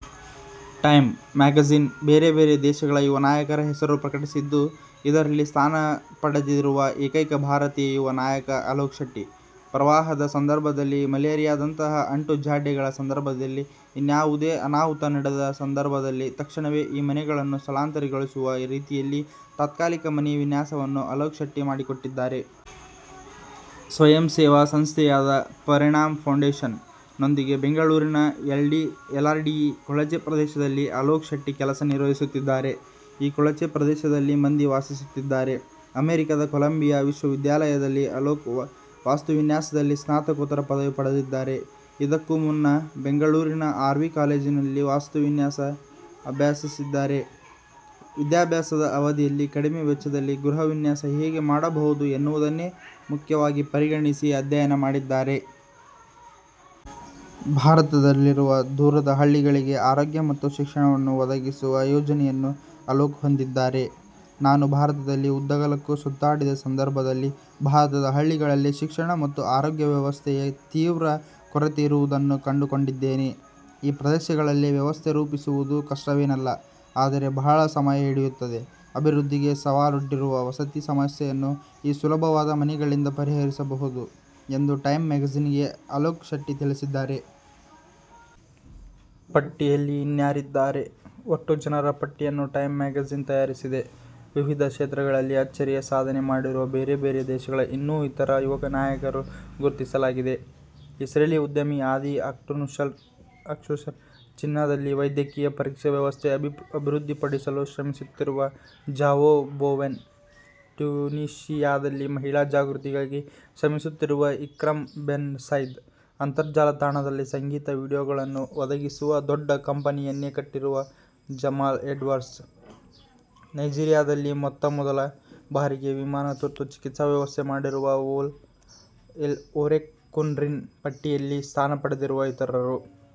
''''Time'' magazine ಬೇರೆಬೇರೆ ದೇಶಗಳ ಯುವನಾಯಕರ ಹೆಸರು ಪ್ರಕಟಿಸಿದ್ದು, ಇದರಲ್ಲಿ ಸ್ಥಾನಪಡೆದಿರುವ ಏಕೈಕ ಭಾರತೀಯ ಯುವ ನಾಯಕ ಅಲೋಕ್ ಶೆಟ್ಟಿ. ಪ್ರವಾಹದ ಸಂದರ್ಭದಲ್ಲಿ, ಮಲೇರಿಯಾದಂತಹ ಅಂಟುಜಾಡ್ಯಗಳ ಸಂದರ್ಭದಲ್ಲಿ, ಇನ್ಯಾವುದೇ ಅನಾಹುತ ನಡೆದ ಸಂದರ್ಭದಲ್ಲಿ ತಕ್ಷಣವೇ ಈ ಮನೆಗಳನ್ನು ಸ್ಥಳಾಂತರಗೊಳಿಸುವ ರೀತಿಯಲ್ಲಿ ತಾತ್ಕಾಲಿಕ ಮನೆ ವಿನ್ಯಾಸವನ್ನು ಅಲೋಕ್ ಶೆಟ್ಟಿ ಮಾಡಿಕೊಟ್ಟಿದ್ದಾರೆ. ಸ್ವಯಂಸೇವಾ ಸಂಸ್ಥೆಯಾದ ''''ಪರಿಣಾಮ್ ಫೌಂಡೇಶನ್''ನೊಂದಿಗೆ ಬೆಂಗಳೂರಿನ ಎಲ್ಆರ್ಡಿಇ ಕೊಳಚೆ ಪ್ರದೇಶದಲ್ಲಿ ಅಲೋಕ್ ಶೆಟ್ಟಿ ಕೆಲಸ ನಿರ್ವಹಿಸುತ್ತಿದ್ದಾರೆ. ಈ ಕೊಳಚೆ ಪ್ರದೇಶದಲ್ಲಿ ಮಂದಿ ವಾಸಿಸುತ್ತಿದ್ದಾರೆ. ಅಮೆರಿಕದ ಕೊಲಂಬಿಯಾ ವಿಶ್ವವಿದ್ಯಾಲಯದಲ್ಲಿ ಅಲೋಕ್ ವಾಸ್ತುವಿನ್ಯಾಸದಲ್ಲಿ ಸ್ನಾತಕೋತ್ತರ ಪದವಿ ಪಡೆದಿದ್ದಾರೆ. ಇದಕ್ಕೂ ಮುನ್ನ ಬೆಂಗಳೂರಿನ ಆರ್ವಿ ಕಾಲೇಜಿನಲ್ಲಿ ವಾಸ್ತುವಿನ್ಯಾಸ ಅಭ್ಯಸಿಸಿದ್ದಾರೆ. ವಿದ್ಯಾಭ್ಯಾಸದ ಅವಧಿಯಲ್ಲಿ ಕಡಿಮೆ ವೆಚ್ಚದಲ್ಲಿ ಗೃಹವಿನ್ಯಾಸ ಹೇಗೆ ಮಾಡಬಹುದು ಎನ್ನುವುದನ್ನೇ ಮುಖ್ಯವಾಗಿ ಪರಿಗಣಿಸಿ ಅಧ್ಯಯನ ಮಾಡಿದ್ದಾರೆ. ಭಾರತದಲ್ಲಿರುವ ದೂರದ ಹಳ್ಳಿಗಳಿಗೆ ಆರೋಗ್ಯ ಮತ್ತು ಶಿಕ್ಷಣವನ್ನು ಒದಗಿಸುವ ಯೋಜನೆಯನ್ನು ಅಲೋಕ್ ಹೊಂದಿದ್ದಾರೆ. ''''ನಾನು ಭಾರತದಲ್ಲಿ ಉದ್ದಗಲಕ್ಕೂ ಸುತ್ತಾಡಿದ ಸಂದರ್ಭದಲ್ಲಿ ಭಾರತದ ಹಳ್ಳಿಗಳಲ್ಲಿ ಶಿಕ್ಷಣ ಮತ್ತು ಆರೋಗ್ಯವ್ಯವಸ್ಥೆಯ ತೀವ್ರ ಕೊರತೆಯಿರುವುದನ್ನು ಕಂಡುಕೊಂಡಿದ್ದೇನೆ. ಈ ಪ್ರದೇಶಗಳಲ್ಲಿ ವ್ಯವಸ್ಥೆ ರೂಪಿಸುವುದು ಕಷ್ಟವೇನಲ್ಲ, ಆದರೆ ಬಹಳ ಸಮಯ ಹಿಡಿಯುತ್ತದೆ. ಅಭಿವೃದ್ಧಿಗೆ ಸವಾಲೊಡ್ಡಿರುವ ವಸತಿ ಸಮಸ್ಯೆಯನ್ನು ಈ ಸುಲಭವಾದ ಮನೆಗಳಿಂದ ಪರಿಹರಿಸಬಹುದು'' ಎಂದು ಟೈಮ್ ಮ್ಯಾಗಜಿನ್ಗೆ ಅಲೋಕ್ ಶೆಟ್ಟಿ ತಿಳಿಸಿದ್ದಾರೆ. ಪಟ್ಟಿಯಲ್ಲಿ ಇನ್ಯಾರಿದ್ದಾರೆ?: ಒಟ್ಟು ಜನರ ಪಟ್ಟಿಯನ್ನು ಟೈಮ್ ಮ್ಯಾಗಜಿನ್ ತಯಾರಿಸಿದೆ. ವಿವಿಧ ಕ್ಷೇತ್ರಗಳಲ್ಲಿ ಅಚ್ಚರಿಯ ಸಾಧನೆ ಮಾಡಿರುವ ಬೇರೆ ಬೇರೆ ದೇಶಗಳ ಇನ್ನೂ ಇತರ ಯುವನಾಯಕರು ಗುರ್ತಿಸಲಾಗಿದೆ. ಇಸ್ರೇಲಿ ಉದ್ಯಮಿ ಆದಿ ಆಲ್ಟ್ಶೂಲರ್, ಚೀನಾದಲ್ಲಿ ವೈದ್ಯಕೀಯ ಪರೀಕ್ಷೆ ವ್ಯವಸ್ಥೆ ಅಭಿವೃದ್ಧಿಪಡಿಸಲು ಶ್ರಮಿಸುತ್ತಿರುವ ಜಾವೋ ಬೊವೆನ್, ಟ್ಯುನೀಷಿಯಾದಲ್ಲಿ ಮಹಿಳಾ ಜಾಗೃತಿಗಾಗಿ ಶ್ರಮಿಸುತ್ತಿರುವ ಇಕ್ರಮ್ ಬೆನ್ ಸೈದ್, ಅಂತರ್ಜಾಲ ತಾಣದಲ್ಲಿ ಸಂಗೀತ ವೀಡಿಯೋಗಳನ್ನು ಒದಗಿಸುವ ದೊಡ್ಡ ಕಂಪನಿಯನ್ನೇ ಕಟ್ಟಿರುವ ಜಮಾಲ್ ಎಡ್ವರ್ಡ್ಸ್, ನೈಜೀರಿಯಾದಲ್ಲಿ ಮೊತ್ತಮೊದಲ ಬಾರಿಗೆ ವಿಮಾನ ತುರ್ತು ಚಿಕಿತ್ಸಾ ವ್ಯವಸ್ಥೆ ಮಾಡಿರುವ ಓಲಾ ಒರೆಕುನ್ರಿನ್ ಪಟ್ಟಿಯಲ್ಲಿ ಸ್ಥಾನಪಡೆದಿರುವ ಇತರರು.